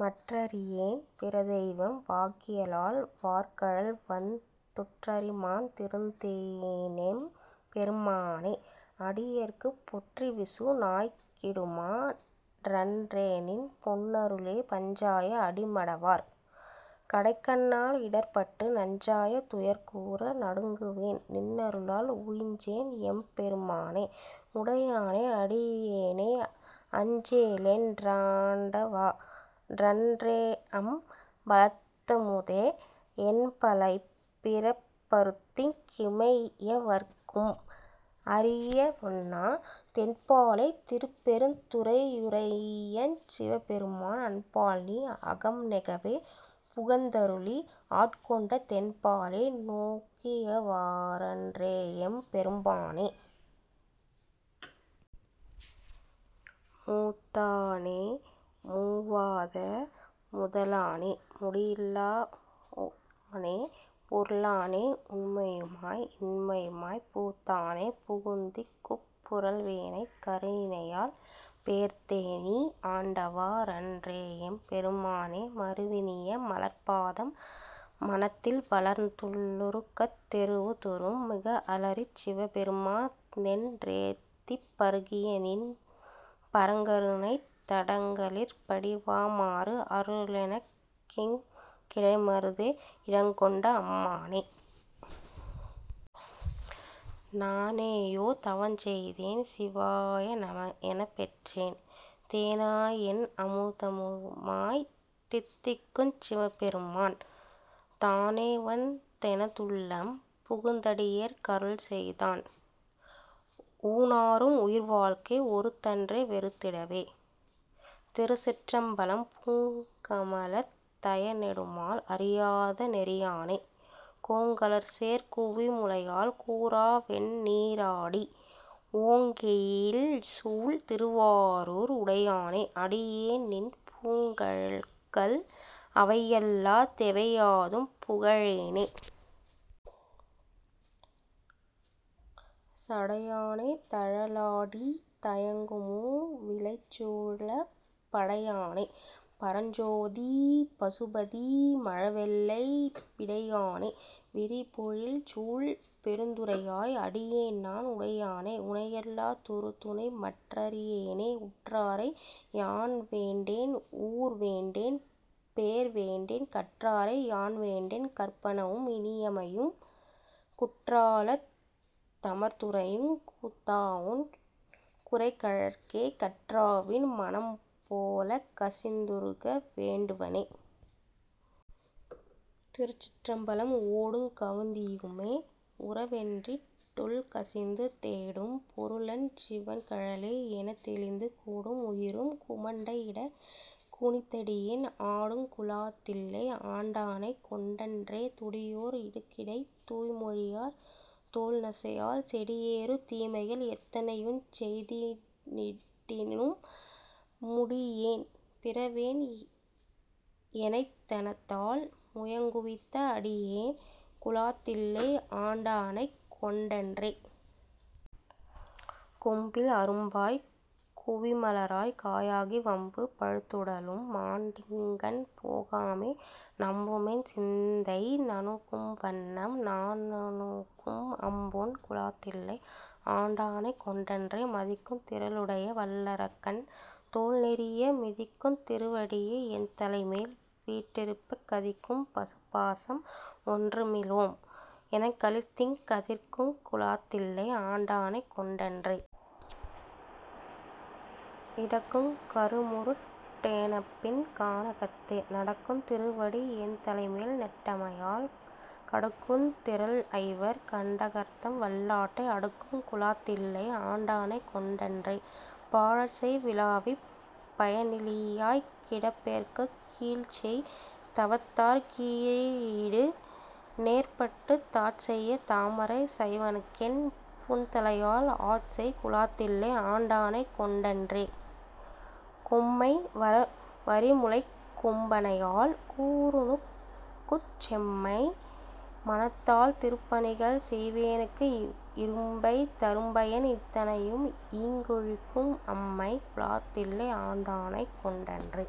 மற்றறியேன் பிறதெய்வம் வாக்கியலால் வார்கழல்வந் துற்றறிமாந் திருந்தேன்எம் பெருமானே அடியேற்குப் பொற்றிவிசு நாய்க்கிடுமா றன்றேநின் பொன்னருளே. பஞ்சாய அடிமடவார் கடைக்கண்ணால் இடர்ப்பட்டு நஞ்சாய துயர்கூர நடுங்குவேன் நின்னருளால் உய்ஞ்சேன் எம் பெருமானே உடையானே அடியேனை அஞ்சேலென் றாண்டவா றன்றேஅம் பலத்தமுதே. என்பலைப் பிறப்பறுத்திங் கிமையவர்க் கும் அறியவொண்ணா தென்பாலைத் திருப்பெருந் துறையுறையஞ் சிவபெருமான் அன்பால்நீ அகம்நெகவே புகுந்தருளி ஆட்கொண்ட தென்பாலே நோக்கியவா றன்றேஎம் பெருமானே. மூத்தானே மூவாத முதலானே முடியில்லா ஓத்தானே பொருளானே உண்மையுமாய் இன்மையுமாய்ப் பூத்தானே புகுந்திங்குப் புரள்வேனைக் கருணையினால் பேர்த்தேநீ ஆண்டவா றன்றேஎம் பெருமானே. மருவினிய மலர்ப்பாதம் மனத்தில்வளர்ந் துள்ளுருகத் தெருவுதொறும் மிக அலறிச் சிவபெருமா னென்றேத்திப் பருகியநின் பரங்கருணைத் தடங்கலிற் படிவாமாறு அருளெனக்கிங் கிடைமருதே இடங்கொண்ட அம்மானே. நானேயோ தவஞ் செய்தேன் சிவாயநம எனப்பெற்றேன் தேனாய்என் அமுதமுமாய்த் தித்திக்குஞ் சிவபெருமான் தானேவந் தெனதுள்ளம் புகுந்தடியேற் கருள்செய்தான் ஊனாரும் உயிர்வாழ்க்கை ஒறுத்தன்றே வெறுத்திடவே. திருச்சிற்றம்பலம் பூங்கமலத் தயனெடுமால் அறியாத நெறியானே கோங்கலர்சேர் குவிமுலையாள் கூறாவெண் ணீறாடி ஓங்கெயில்சூழ் திருவாரூர் உடையானே அடியேன்நின் பூங்கழல்கள் அவையல்லா தெவையாதும் புகழேனே. சடையானே தழலாடீ தயங்குமூ விலைச்சூலப் படையானே பரஞ்சோதீ பசுபதீ மழவெள்ளை விடையானே விரிபொழில்சூழ் பெருந்துறையாய் அடியேன்நான் உடையானே உனையல்லா துறுதுணை மற் றறியேனே. உற்றாறை யான்வேண்டேன் ஊர்வேண்டேன் பேர்வேண்டேன் கற்றாறை யான்வேண்டேன் கற்பனவும் இனியமையும் குற்றாலத் தமர்ந்துறையுங் கூத்தாஉன் குரைகழற்கே கற்றாவின் மனம்போலக் கசிந்துருக வேண்டுவனே. திருச்சிற்றம்பலம் ஓடுங் கவந்தியுமே உறவென்றிட் டுள்கசிந்து தேடும் பொருளுஞ் சிவன்கழலே எனத்தெளிந்து கூடும் உயிரும் குமண்டையிடக் குனித்தடியேன் ஆடுங் குலாத்தில்லை ஆண்டானைக் கொண்டன்றே. துடியோர் இடுகிடைத் தூய்மொழியார் தோள்நசையால் செடியேறு தீமைகள் எத்தனையுஞ் செய்திடினும் முடியேன் பிறவேன் எனைத்தனதாள் முயங்குவித்த அடியேன் குலாத்தில்லை ஆண்டானைக் கொண்டன்றே. கொம்பில் அரும்பாய்க் குவிமலராய்க் காயாகி வம்பு பழுத்துடலம் மாண்டிங்ஙன் போகாமே நம்புமென் சிந்தை நணுகும்வண்ணம் நானணுகும் அம்பொன் குலாத்தில்லை ஆண்டானைக் கொண்டன்றே. மதிக்குந் திறலுடைய வல்லரக்கன் தோள்நெரிய மிதிக்குந் திருவடி என் தலைமேல் வீற்றிருப்பக் கதிக்கும் பசுபாசம் ஒன்றுமிலோம் எனக்களித்திங் கதிர்க்குங் குலாத்தில்லை ஆண்டானைக் கொண்டன்றே. இடக்குங் கருமுருட் டேனப்பின் கானகத்தே நடக்குந் திருவடி என்தலைமேல் நட்டமையால் கடக்குந் திறல்ஐவர் கண்டகர்தம் வல்லாட்டை அடக்குங் குலாத்தில்லை ஆண்டானைக் கொண்டன்றே. பாழ்ச்செய் விளாவிப் பயனிலியாய்க் கிடப்பேற்குக் கீழ்ச்செய் தவத்தாற் கிழியீடு நேர்பட்டுத் தாட்செய்ய தாமரைச் சைவனுக்கென் புன்தலையால் ஆட்செய் குலாத்தில்லை ஆண்டானைக் கொண்டன்றே. கொம்மை வரிமுலைக் கொம்பனையாள் கூறனுக்குச் செம்மை மனத்தால் திருப்பணிகள் செய்வேனுக்கு இம்பை தரும்பயன் இத்தனையும் ஈங்கொழிக்கும் அம்மை குலாத்தில்லை ஆண்டானைக் கொண்டன்றே.